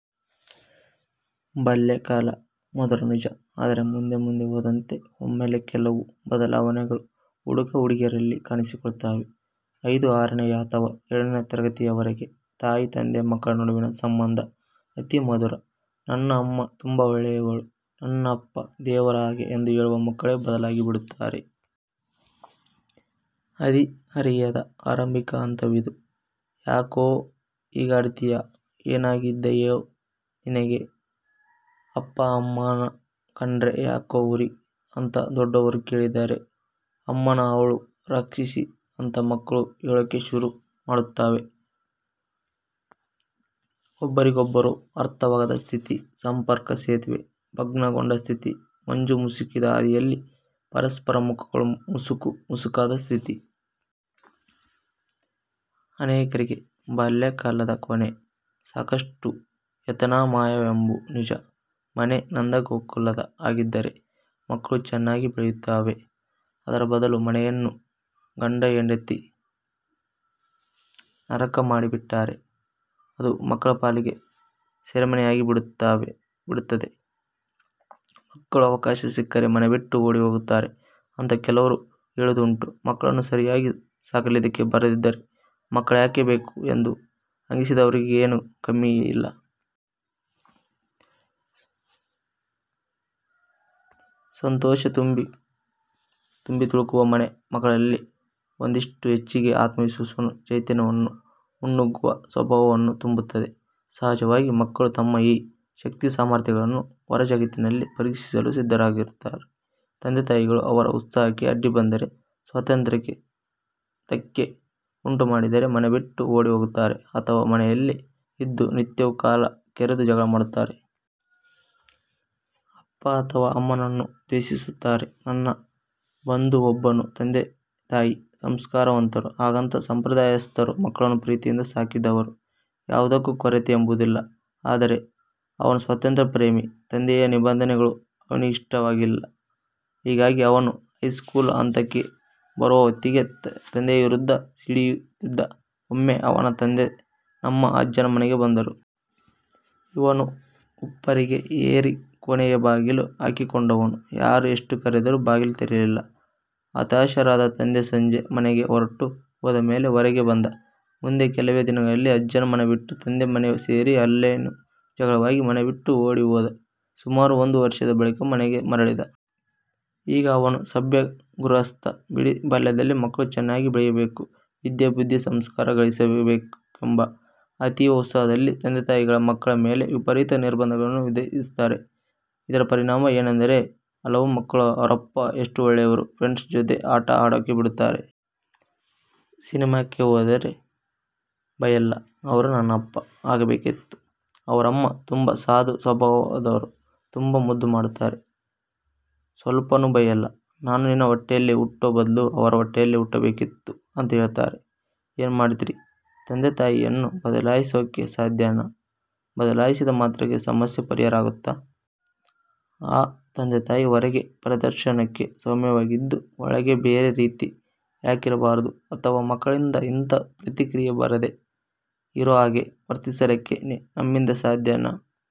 ಬಾಲ್ಯಕಾಲ ಮಧುರ ನಿಜ, ಆದರೆ ಮುಂದೆ ಮುಂದೆ ಹೋದಂತೆ ಒಮ್ಮೆಲೆ ಕೆಲವು ಬದಲಾವಣೆಗಳು ಹುಡುಗ-ಹುಡುಗಿಯರಲ್ಲಿ ಕಾಣಿಸಿಕೊಳ್ಳುತ್ತವೆ. ಐದು ಆರನೆಯ ಅಥವಾ ಏಳನೆಯ ತರಗತಿವರೆಗೆ ತಾಯಿ-ತಂದೆ ಮಕ್ಕಳ ನಡುವಿನ ಸಂಬಂಧ ಅತಿಮಧುರ. "ನನ್ನ ಅಮ್ಮ ತುಂಬ ಒಳ್ಳೆಯವಳು", "ನನ್ನಪ್ಪ ದೇವರ ಹಾಗೆ" ಎಂದು ಹೇಳುವ ಮಕ್ಕಳೇ ಬದಲಾಗಿಬಿಡುತ್ತಾರೆ. ಹದಿಹರೆಯದ ಆರಂಭಿಕ ಹಂತವಿದು. "ಯಾಕೋ ಹೀಗಾಡ್ತೀಯಾ? ಏನಾಗಿದ್ದಯೋ ನಿನಗೆ! ಅಪ್ಪ ಅಮ್ಮನ್ನ ಕಂಡ್ರೆ ಯಾಕೋ ಉರಿ?" ಅಂತ ದೊಡ್ಡವರು ಕೇಳಿದರೆ "ಅಮ್ಮನಾ ಅವ್ಳು ರಾಕ್ಷಸಿ" ಅಂತ ಮಕ್ಕಳು ಹೇಳೋಕೆ ಶುರುಮಾಡ್ತವೆ. ಒಬ್ಬರಿಗೊಬ್ಬರು ಅರ್ಥವಾಗದ ಸ್ಥಿತಿ. ಸಂಪರ್ಕಸೇತುವೆ ಭಗ್ನಗೊಂಡ ಸ್ಥಿತಿ. ಮಂಜು ಮುಸುಕಿದ ಹಾದಿಯಲ್ಲಿ ಪರಸ್ಪರ ಮುಖಗಳು ಮಸುಕು ಮಸುಕಾದ ಸ್ಥಿತಿ. ಅನೇಕರಿಗೆ ಬಾಲ್ಯಕಾಳದ ಕೊನೆ. ಸಾಕಷ್ಟು ಯಾತನಾಮಯವೆಂಬು ನಿಜ. ಮನೆ ನಂದಗೋಕುಲದ ಹಾಗಿದ್ದರೆ ಮಕ್ಕಳು ಚೆನ್ನಾಗಿ ಬೆಳೆಯುತ್ತವೆ. ಅದರ ಬದಲು ಮನೆಯನ್ನು ಗಂಡ-ಹೆಂಡತಿ ನರಕ ಮಾಡಿಬಿಟ್ಟರೆ ಅದು ಮಕ್ಕಳ ಪಾಲಿಗೆ ಸೆರಮನೆಯಾಗಿ ಬಿಡುತ್ತದೆ. ಮಕ್ಕಳು ಅವಕಾಶ ಸಿಕ್ಕರೆ ಮನೆಬಿಟ್ಟು ಓಡಿಹೋಗುತ್ತಾರೆ ಅಂತ ಕೆಲವರು ಹೇಳುವುದುಂಟು. "ಮಕ್ಕಳನ್ನು ಸರಿಯಾಗಿ ಸಾಕಲಿಕ್ಕೆ ಬಾರದಿದ್ದವರಿಗೆ ಮಕ್ಕಳ್ಯಾಕೆ ಬೇಕು" ಎಂದು ಹಂಗಿಸುವವರಿಗೇನೂ ಕಮ್ಮಿಯಿಲ್ಲ. ಸಂತೋಷ ತುಂಬಿತುಳುಕುವ ಮನೆ ಮಕ್ಕಳಲ್ಲಿ ಒಂದಿಷ್ಟು ಹೆಚ್ಚಿಗೆ ಆತ್ಮವಿಶ್ವಾಸವನ್ನು, ಚೈತನ್ಯವನ್ನು, ಮುನ್ನುಗ್ಗುವ ಸ್ವಭಾವವನ್ನು ತುಂಬುತ್ತದೆ. ಸಹಜವಾಗಿ ಮಕ್ಕಳು ತಮ್ಮ ಈ ಶಕ್ತಿಸಾಮರ್ಥ್ಯಗಳನ್ನು ಹೊರಜಗತ್ತಿನಲ್ಲಿ ಪರೀಕ್ಷಿಸಲು ಸಿದ್ಧರಾಗುತ್ತಾರೆ. ತಂದೆತಾಯಿಗಳು ಅವರ ಉತ್ಸಾಹಕ್ಕೆ ಅಡ್ಡಿಬಂದರೆ, ಸ್ವಾತಂತ್ಯ್ರಕ್ಕೆ ಧಕ್ಕೆ ಉಂಟುಮಾಡಿದರೆ ಮನೆಬಿಟ್ಟು ಓಡಿಹೋಗುತ್ತಾರೆ ಅಥವಾ ಮನೆಯಲ್ಲೇ ಇದ್ದು ನಿತ್ಯವೂ ಕಾಲುಕೆರೆದು ಜಗಳ ಮಾಡುತ್ತಾರೆ. ಅಪ್ಪ ಅಥವಾ ಅಮ್ಮನನ್ನು ದ್ವೇಷಿಸುತ್ತಾರೆ. ನನ್ನ ಬಂಧುವೊಬ್ಬನ ತಂದೆತಾಯಿ ಸಂಸ್ಕಾರವಂತರು. ಹಾಗಂತ ಸಂಪ್ರದಾಯಸ್ಥರು. ಮಕ್ಕಳನ್ನು ಪ್ರೀತಿಯಿಂದ ಸಾಕಿದವರು. ಯಾವುದಕ್ಕೂ ಕೊರತೆ ಎಂಬುದಿಲ್ಲ. ಆದರೆ ಅವನು ಸ್ವಾತಂತ್ಯ್ರ ಪ್ರೇಮಿ. ತಂದೆಯ ನಿಬಂಧನೆಗಳು ಅವನಿಗಿಷ್ಟವಿಲ್ಲ. ಹೀಗಾಗಿ ಅವನು ಹೈಸ್ಕೂಲು ಹಂತಕ್ಕೆ ಬರುವ ಹೊತ್ತಿಗೆ ತಂದೆಯ ವಿರುದ್ಧ ಸಿಡಿಯುತ್ತಿದ್ದ. ಒಮ್ಮೆ ಅವನ ತಂದೆ ನಮ್ಮ ಅಜ್ಜನ ಮನೆಗೆ ಬಂದರು. ಇವನು ಉಪ್ಪರಿಗೆ ಏರಿ ಕೋಣೆಯ ಬಾಗಿಲು ಹಾಕಿಕೊಂಡವನು ಯಾರು ಎಷ್ಟು ಕರೆದರೂ ಬಾಗಿಲು ತೆರೆಯಲಿಲ್ಲ. ಹತಾಶರಾದ ತಂದೆ ಸಂಜೆ ಮನೆಗೆ ಹೊರಟು ಹೋದಮೇಲೆ ಹೊರಗೆಬಂದ. ಮುಂದೆ ಕೆಲವೇ ದಿನಗಳಲ್ಲಿ ಅಜ್ಜನ ಮನೆಬಿಟ್ಟು ತಂದೆಮನೆ ಸೇರಿ ಅಲ್ಲೇನೋ ಜಗಳವಾಗಿ ಮನೆಬಿಟ್ಟು ಓಡಿ ಹೋದ. ಸುಮಾರು ಒಂದು ವರ್ಷದ ಬಳಿಕ ಮನೆಗೆ ಮರಳಿದ. ಈಗ ಅವನು ಸಭ್ಯ ಗೃಹಸ್ಥ ಬಿಡಿ ಬಾಲ್ಯದಲ್ಲಿ ಮಕ್ಕಳು ಚೆನ್ನಾಗಿ ಬೆಳೆಯಬೇಕು. ವಿದ್ಯೆ ಬುದ್ಧಿ ಸಂಸ್ಕಾರ ಗಳಿಸಬೇಕೆಂಬ ಅತೀವ ಉತ್ಸಾಹದಲ್ಲಿ ತಂದೆತಾಯಿಗಳು ಮಕ್ಕಳ ಮೇಲೆ ವಿಪರೀತ ನಿರ್ಬಂಧಗಳನ್ನು ವಿಧಿಸುತ್ತಾರೆ. ಇದರ ಪರಿಣಾಮ ಏನೆಂದರೆ ಹಲವು ಮಕ್ಕಳು "ಅವರಪ್ಪ ಎಷ್ಟು ಒಳ್ಳೆಯವರು. ಫ್ರೆಂಡ್ಸ್ ಜೊತ ಆಟ ಆಡೋಕೆ ಬಿಡ್ತಾರೆ. ಸಿನೆಮಾಕ್ಕೆ ಹೋದ್ರೆ ಬಯ್ಯಲ್ಲ. ಅವರು ನನ್ನಪ್ಪ ಆಗಬೇಕಿತ್ತು". "ಅವರಮ್ಮ ತುಂಬ ಸಾಧು ಸ್ವಭಾವದವರು. ತುಂಬ ಮುದ್ದುಮಾಡ್ತಾರೆ. ಸ್ವಲ್ಪಾನೂ ಬೈಯಲ್ಲ. ನಾನು ನಿನ್ನ ಹೊಟ್ಟೇಲಿ ಹುಟ್ಟೋ ಬದ್ಲು ಅವ್ರ ಹೊಟ್ಟೇಲಿ ಹುಟ್ಬೇಕಾಗಿತ್ತು ಅಂತ ಹೇಳ್ತಾರೆ. ಏನ್ಮಾಡ್ತೀರಿ ತಂದೆತಾಯಿಯನ್ನು ಬದಲಾಯಿಸೋಕೆ ಸಾಧ್ಯನಾ, ಬದಲಾಯಿಸಿದ ಮಾತ್ರಕ್ಕೆ ಸಮಸ್ಯೆ ಪರಿಹರ ಆಗುತ್ತಾ? ಆ ತಂದೆತಾಯಿ ಹೊರಗೆ ಪ್ರದರ್ಶನಕ್ಕೆ ಸೌಮ್ಯವಾಗಿದ್ದು ಒಳಗೆ ಬೇರೆ ರೀತಿ ಯಾಕಿರಬಾರ್ದು, ಅಥವಾ ಮಕ್ಕಳಿಂದ ಇಂಥ ಪ್ರತಿಕ್ರಿಯೆ ಬರದೆ ಇರೋ ಹಾಗೆ ವರ್ತಿಸಲಿಕ್ಕೆ ನಮ್ಮಿಂದ ಸಾಧ್ಯನ?